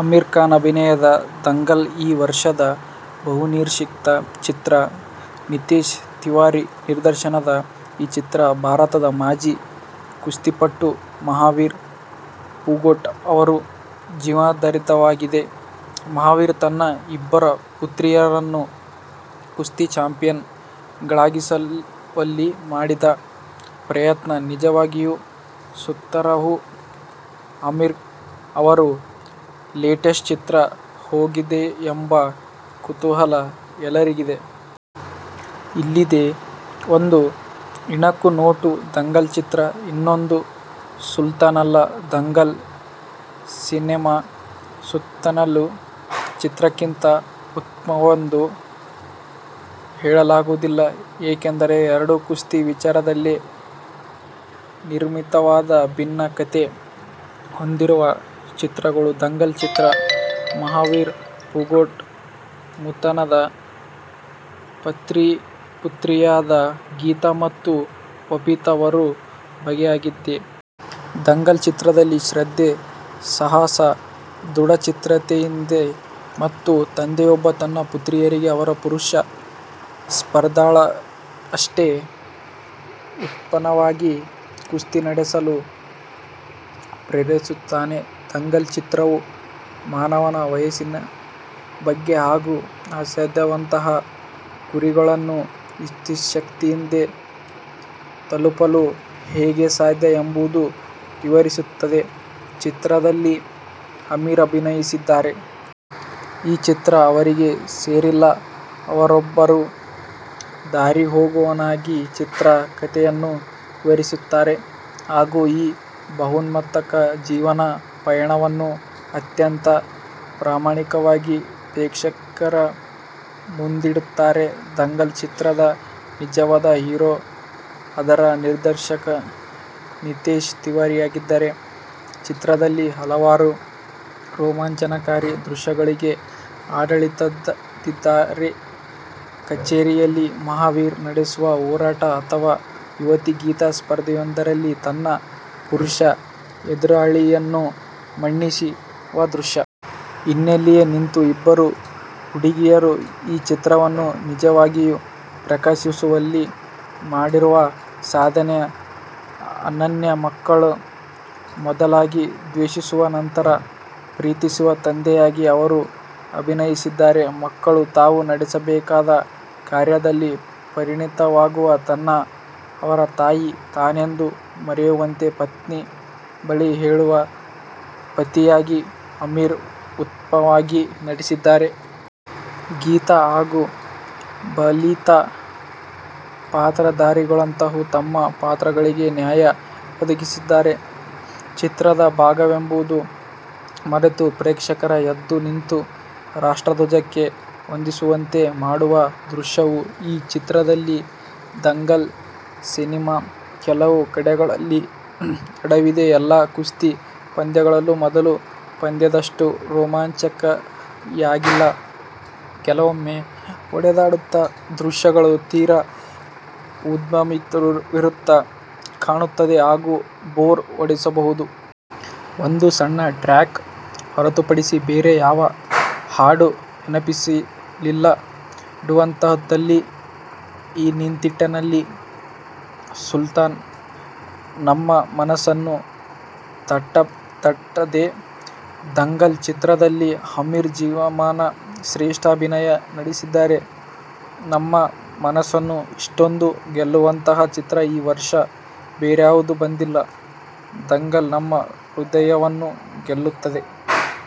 ಆಮಿರ್ ಖಾನ್ ಅಭಿನಯದ ದಂಗಲ್ ಈ ವರ್ಷದ ಬಹುನಿರೀಕ್ಷಿತ ಚಿತ್ರ. ನಿತೇಶ್ ತಿವಾರಿ ನಿರ್ದೇಶನದ ಈ ಚಿತ್ರ ಭಾರತದ ಮಾಜಿ ಕುಸ್ತಿಪಟು ಮಹಾವೀರ್ ಫೋಗಟ್ ಅವರ ಜೀವನಾಧರಿತವಾಗಿದೆ. ಮಹಾವೀರ್ ತನ್ನ ಇಬ್ಬರು ಪುತ್ರಿಯರನ್ನು ಕುಸ್ತಿ ಚಾಂಪಿಯನ್ ಗಳಾಗಿಸುವಲ್ಲಿ ಮಾಡಿದ ಪ್ರಯತ್ನ ನಿಜವಾಗಿಯೂ ಸ್ತುತ್ಯಾರ್ಹ. ಆಮಿರ್ ಅವರ ಲೇಟೆಸ್ಟ್ ಚಿತ್ರ ಹೇಗಿದೆಯೆಂಬ ಕುತೂಹಲ ಎಲ್ಲರಿಗಿದೆ. ಇಲ್ಲಿದೆ ಒಂದು ಇಣುಕು ನೋಟ. ದಂಗಲ್ ಚಿತ್ರ ಇನ್ನೊಂದು ಸುಲ್ತಾನ್ ಅಲ್ಲ. ದಂಗಲ್ ಸಿನೆಮಾ ಸುಲ್ತಾನ್ ಚಿತ್ರಕ್ಕಿಂತ ಉತ್ತಮವೆಂದೂ ಹೇಳಲಾಗುವುದಿಲ್ಲ. ಏಕೆಂದರೆ ಎರಡೂ ಕುಸ್ತಿ ವಿಚಾರದಲ್ಲೇ ನಿರ್ಮಿತವಾದ ಭಿನ್ನ ಕಥೆ ಹೊಂದಿರುವ ಚಿತ್ರಗಳು. ದಂಗಲ್ ಚಿತ್ರ ಮಹಾವೀರ್ ಫೋಗಟ್ ಮತ್ತಾತನ ಪುತ್ರಿಯರಾದ ಗೀತಾ ಮತ್ತು ಬಬಿತಾ ಅವರ ಬಗ್ಗೆಯಾಗಿದೆ. ದಂಗಲ್ ಚಿತ್ರದಲ್ಲಿ ಶ್ರದ್ಧೆ, ಸಾಹಸ, ದೃಢಚಿತ್ತತೆಯಿದೆ ಮತ್ತು ತಂದೆಯೊಬ್ಬ ತನ್ನ ಪುತ್ರಿಯರಿಗೆ ಅವರ ಪುರುಷ ಸ್ಪರ್ಧಾಳುಗಳಷ್ಟೇ ಉತ್ತಮವಾಗಿ ಕುಸ್ತಿ ನಡೆಸಲು ಪ್ರೇರೇಪಿಸುತ್ತಾನೆ. ದಂಗಲ್ ಚಿತ್ರವು ಮಾನವನ ಮನಸ್ಸಿನ ಬಗ್ಗೆ ಹಾಗೂ ಅಸಾಧ್ಯವೆನ್ನುವಂತಹ ಗುರಿಗಳನ್ನು ಇಚ್ಛಾಶಕ್ತಿಯಿದ್ದರೆ ತಲುಪಲು ಹೇಗೆ ಸಾಧ್ಯ ಎಂಬುದನ್ನು ವಿವರಿಸುತ್ತದೆ. ಚಿತ್ರದಲ್ಲಿ ಆಮಿರ್ ಅಭಿನಯಿಸಿದ್ದಾರೆ. ಈ ಚಿತ್ರ ಅವರಿಗೆ ಸೇರಿಲ್ಲ. ಅವರೊಬ್ಬ ದಾರಿಹೋಕನಾಗಿ ಚಿತ್ರ ಕತೆಯನ್ನು ವಿವರಿಸುತ್ತಾರೆ ಹಾಗೂ ಈ ಭಾವನಾತ್ಮಕ ಜೀವನ ಪಯಣವನ್ನು ಅತ್ಯಂತ ಪ್ರಾಮಾಣಿಕವಾಗಿ ಪ್ರೇಕ್ಷಕರ ಮುಂದಿಡುತ್ತಾರೆ. ದಂಗಲ್ ಚಿತ್ರದ ನಿಜವಾದ ಹೀರೋ ಅದರ ನಿರ್ದೇಶಕ ನಿತೇಶ್ ತಿವಾರಿಯಾಗಿದ್ದಾರೆ. ಚಿತ್ರದಲ್ಲಿ ಹಲವಾರು ರೋಮಾಂಚನಕಾರಿ ದೃಶ್ಯಗಳಿವೆ. ಆಡಳಿತಾಧಿಕಾರಿ ಕಚೇರಿಯಲ್ಲಿ ಮಹಾವೀರ್ ನಡೆಸುವ ಹೋರಾಟ ಅಥವಾ ಯುವತಿ ಗೀತಾ ಸ್ಪರ್ಧೆಯೊಂದರಲ್ಲಿ ತನ್ನ ಪುರುಷ ಎದುರಾಳಿಯನ್ನ ಮಣಿಸುವ ದೃಶ್ಯ. ಹಿನ್ನೆಲೆಯಲ್ಲಿ ನಿಂತು ಇಬ್ಬರು ಹುಡುಗಿಯರು ಈ ಚಿತ್ರವನ್ನು ನಿಜವಾಗಿಯೂ ಪ್ರಕಾಶಿಸುವಲ್ಲಿ ಮಾಡಿರುವ ಸಾಧನೆ ಅನನ್ಯ. ಮಕ್ಕಳು ಮೊದಲಾಗಿ ದ್ವೇಷಿಸುವ ನಂತರ ಪ್ರೀತಿಸುವ ತಂದೆಯಾಗಿ ಅವರು ಅಭಿನಯಿಸಿದ್ದಾರೆ. ಮಕ್ಕಳು ತಾವು ನಡೆಸಬೇಕಾದ ಕಾರ್ಯದಲ್ಲಿ ಪರಿಣತರಾಗುವ ತನಕ ಅವರ ತಾಯಿ ತಾನೆಂದು ಮರೆಯುವಂತೆ ಪತ್ನಿ ಬಳಿ ಹೇಳುವ ಪತಿಯಾಗಿ ಆಮಿರ್ ಉತ್ತಮವಾಗಿ ನಟಿಸಿದ್ದಾರೆ. ಗೀತಾ ಹಾಗೂ ಬಬಿತಾ ಪಾತ್ರಧಾರಿಗಳಂತೂ ತಮ್ಮ ಪಾತ್ರಗಳಿಗೆ ನ್ಯಾಯ ಒದಗಿಸಿದ್ದಾರೆ. ಚಿತ್ರದ ಭಾಗವೆಂಬುದನ್ನು ಮರೆತು ಪ್ರೇಕ್ಷಕರು ಎದ್ದು ನಿಂತು ರಾಷ್ಟ್ರಧ್ವಜಕ್ಕೆ ವಂದಿಸುವಂತೆ ಮಾಡುವ ದೃಶ್ಯವೂ ಈ ಚಿತ್ರದಲ್ಲಿದೆ. ದಂಗಲ್ ಸಿನೆಮಾ ಕೆಲವು ಕಡೆಗಳಲ್ಲಿ ಎಡವಿದೆ. ಎಲ್ಲಾ ಕುಸ್ತಿ ಪಂದ್ಯಗಳೂ ಮೊದಲ ಪಂದ್ಯದಷ್ಟು ರೋಮಾಂಚನಕಾರಿಯಾಗಿಲ್ಲ. ಕೆಲವೊಮ್ಮೆ ಹೊಡೆದಾಟದ ದೃಶ್ಯಗಳು ತೀರಾ ಉದ್ದವಿರುವಂತೆ ಕಾಣುತ್ತದೆ ಹಾಗೂ ಬೋರ್ ಹೊಡೆಸಬಹುದು. ಒಂದು ಸಣ್ಣ ಟ್ರ್ಯಾಕ್ ಹೊರತುಪಡಿಸಿ ಬೇರೆ ಯಾವ ಹಾಡೂ ನೆನಪಿನಲ್ಲಿಡುವಂತಹುದಲ್ಲ. ಈ ನಿಟ್ಟಿನಲ್ಲಿ ಸುಲ್ತಾನ್ ನಮ್ಮ ಮನಸ್ಸನ್ನು ತಟ್ಟುತ್ತದೆ. ದಂಗಲ್ ಚಿತ್ರದಲ್ಲಿ ಆಮಿರ್ ಜೀವಮಾನ ಶ್ರೇಷ್ಠ ಅಭಿನಯ ನೀಡಿದ್ದಾರೆ. ನಮ್ಮ ಮನಸ್ಸನ್ನು ಇಷ್ಟೊಂದು ಗೆಲ್ಲುವಂತಹ ಚಿತ್ರ ಈ ವರ್ಷ ಬೇರಾವುದೂ ಬಂದಿಲ್ಲ. ದಂಗಲ್ ನಮ್ಮ ಹೃದಯವನ್ನು ಗೆಲ್ಲುತ್ತದೆ.